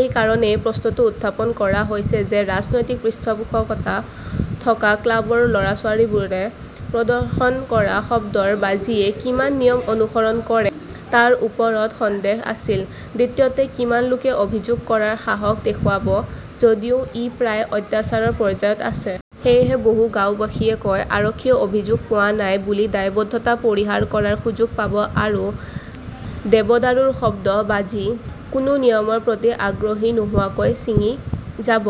এই কাৰণেই প্ৰশ্নটো উত্থাপন হৈছে যে, ৰাজনৈতিক পৃষ্ঠপোষকতা থকা ক্লাবৰ ল'ৰা-ছোৱালীবোৰে প্ৰদৰ্শন কৰা শব্দৰ বাজিয়ে কিমান নিয়ম অনুসৰণ কৰে তাৰ ওপৰত সন্দেহ আছে। দ্বিতীয়তে, কিমান লোকে অভিযোগ কৰাৰ সাহস দেখুৱাব, যদিও ই প্ৰায় "অত্যাচাৰৰ" পৰ্যায়ত আছে? সেয়েহে বহু গাওঁবাসীয়ে কয়, "আৰক্ষীয়ে 'অভিযোগ পোৱা নাই" বুলি দায়বদ্ধতা পৰিহাৰ কৰাৰ সুযোগ পাব আৰু দেৱদাৰুৰ শব্দৰ বাজি কোনো নিয়মৰ প্ৰতি আগ্ৰহী নোহোৱাকৈ ছিঙি যাব।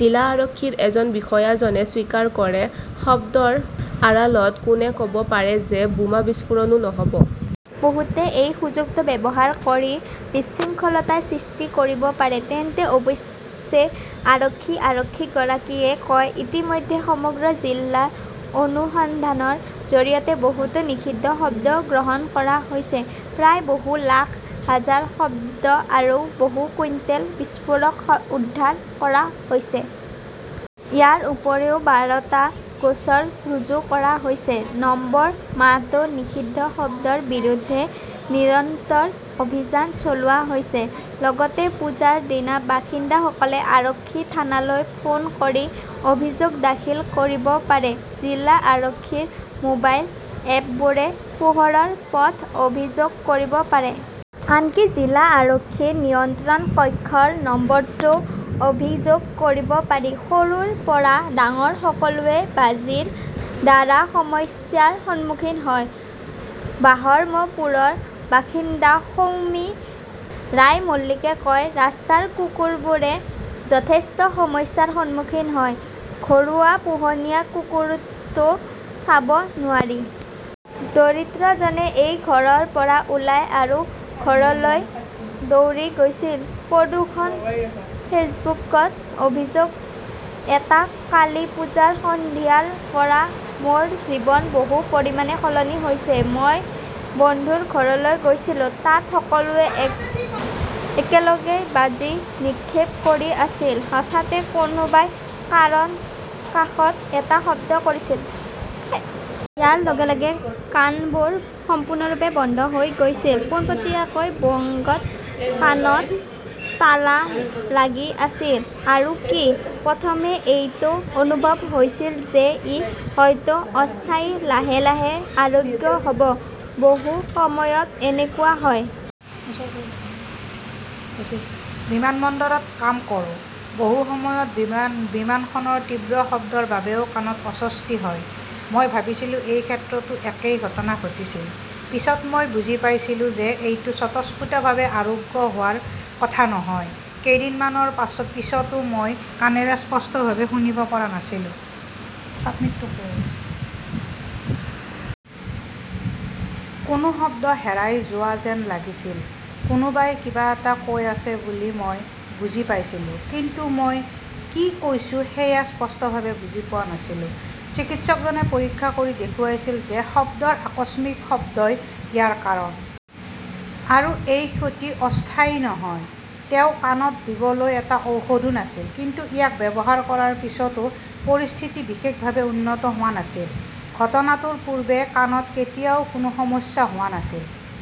জিলা আৰক্ষীৰ এজন বিষয়াজনে স্বীকাৰ কৰে, "শব্দৰ আড়ালত কোনে ক "ব পাৰে যে বোমা বিস্ফোৰণো নহ'ব? বহুতে এই সুযোগটো ব্যৱহাৰ কৰি বিশৃংখলতাৰ সৃষ্টি কৰিব পাৰে। তেন্তে ?" অৱশ্যে আৰক্ষী অধীক্ষকগৰাকীয়ে কয়, "ইতিমধ্যে সমগ্ৰ জিলাৰ অনুসন্ধানৰ জৰিয়তে বহুতো নিষিদ্ধ শব্দ গ্ৰহণ কৰা হৈছে। প্ৰায় বহু লাখ, হাজাৰ শব্দ আৰু বহু কুইণ্টল বিস্ফোৰক উদ্ধাৰ কৰা হৈছে। ইয়াৰ উপৰিও বাৰটা গোচৰ ৰুজু কৰা হৈছে। নৱেম্বৰ মাহতো নিষিদ্ধ শব্দৰ বিৰুদ্ধে নিৰন্তৰ অভিযান চলোৱা হৈছে। লগতে পূজাৰ দিনা বাসিন্দাসকলে আৰক্ষী থানালৈ ফোন কৰি অভিযোগ দাখিল কৰিব পাৰে। জিলা আৰক্ষীৰ মোবাইল এপবোৰে "পোহৰৰ পথত" অভিযোগ কৰিব পাৰে। আনকি জিলা আৰক্ষীৰ নিয়ন্ত্ৰণ কক্ষৰ নম্বৰতো অভিযোগ কৰিব পাৰি। "সৰুৰ পৰা ডাঙৰ সকলোৱে বাজিৰ দ্বাৰা সমস্যাৰ সন্মুখীন হয়", বাহৰমপুৰৰ বাসিন্দা সৌমী ৰায়মল্লীকে কয়। ৰাস্তাৰ কুকুৰবোৰে যথেষ্ট সমস্যাৰ সন্মুখীন হয়। ঘৰুৱা পোহনীয়া কুকুৰটো চাব নোৱাৰি। দৰিদ্ৰজনে এই ঘৰৰ পৰা ওলাই আৰু ঘৰলৈ দৌৰি গৈছিল"। প্ৰদূষণ-ফেচবুকত অভিযোগ এটা কালীপুজাৰ সন্ধিয়াৰ পৰা মোৰ জীৱন বহু পৰিমাণে সলনি হৈছে। মই বন্ধুৰ ঘৰলৈ গৈছিলোঁ। তাত সকলোৱে একেলগে বাজি নিক্ষেপ কৰি আছিল। হঠাতে কোনোবাই কাণৰ কাষত এটা শব্দ কৰিছিল। ইয়াৰ লগে লগে কাণবোৰ সম্পূৰ্ণৰূপে বন্ধ হৈ গৈছিল। পোনপটীয়াকৈ বংগত কাণত তালা লাগি আছিল, আৰু কি। প্ৰথমে এইটো অনুভৱ হৈছিল যে, ই হয়তো অস্থায়ী, লাহে লাহে আৰোগ্য হ 'ব। বহু সময়ত এনেকুৱা হয়। বিমানবন্দৰত কাম কৰোঁ। বহু সময়ত বিমানখনৰ তীব্ৰ শব্দৰ বাবেও কাণত অস্বস্তি হয়। মই ভাবিছিলোঁ এই ক্ষেত্ৰতো একেই ঘটনা ঘটিছিল। পিছত মই বুজি পাইছিলোঁ যে, এইটো স্বতঃস্ফুৰ্তভাৱে আৰোগ্য হোৱাৰ কথা নহয়। কেইদিনমানৰ পিছতো মই কাণেৰে স্পষ্টভাৱে শুনিব পৰা নাছিলোঁ। কোনো শব্দ হেৰাই যোৱা যেন লাগিছিল। কোনোবাই কিবা এটা কৈ আছে বুলি মই বুজি পাইছিলোঁ। কিন্তু মই কি কৈছে সেয়া স্পষ্টভাৱে বুজি পোৱা নাছিলোঁ। চিকিৎসকজনে পৰীক্ষা কৰি দেখুৱাইছিল যে, শব্দৰ আকস্মিক শব্দই ইয়াৰ কাৰণ। আৰু এই ক্ষতি অস্থায়ী নহয়। তেওঁ কাণত দিবলৈ এটা ঔষধো দিছিল। কিন্তু ইয়াক ব্যৱহাৰ কৰাৰ পিছতো পৰিস্থিতি বিশেষভাৱে উন্নত হোৱা নাছিল। ঘটনাটোৰ পূৰ্বে কাণত কেতিয়াও কোনো সমস্যা হোৱা নাছিল ।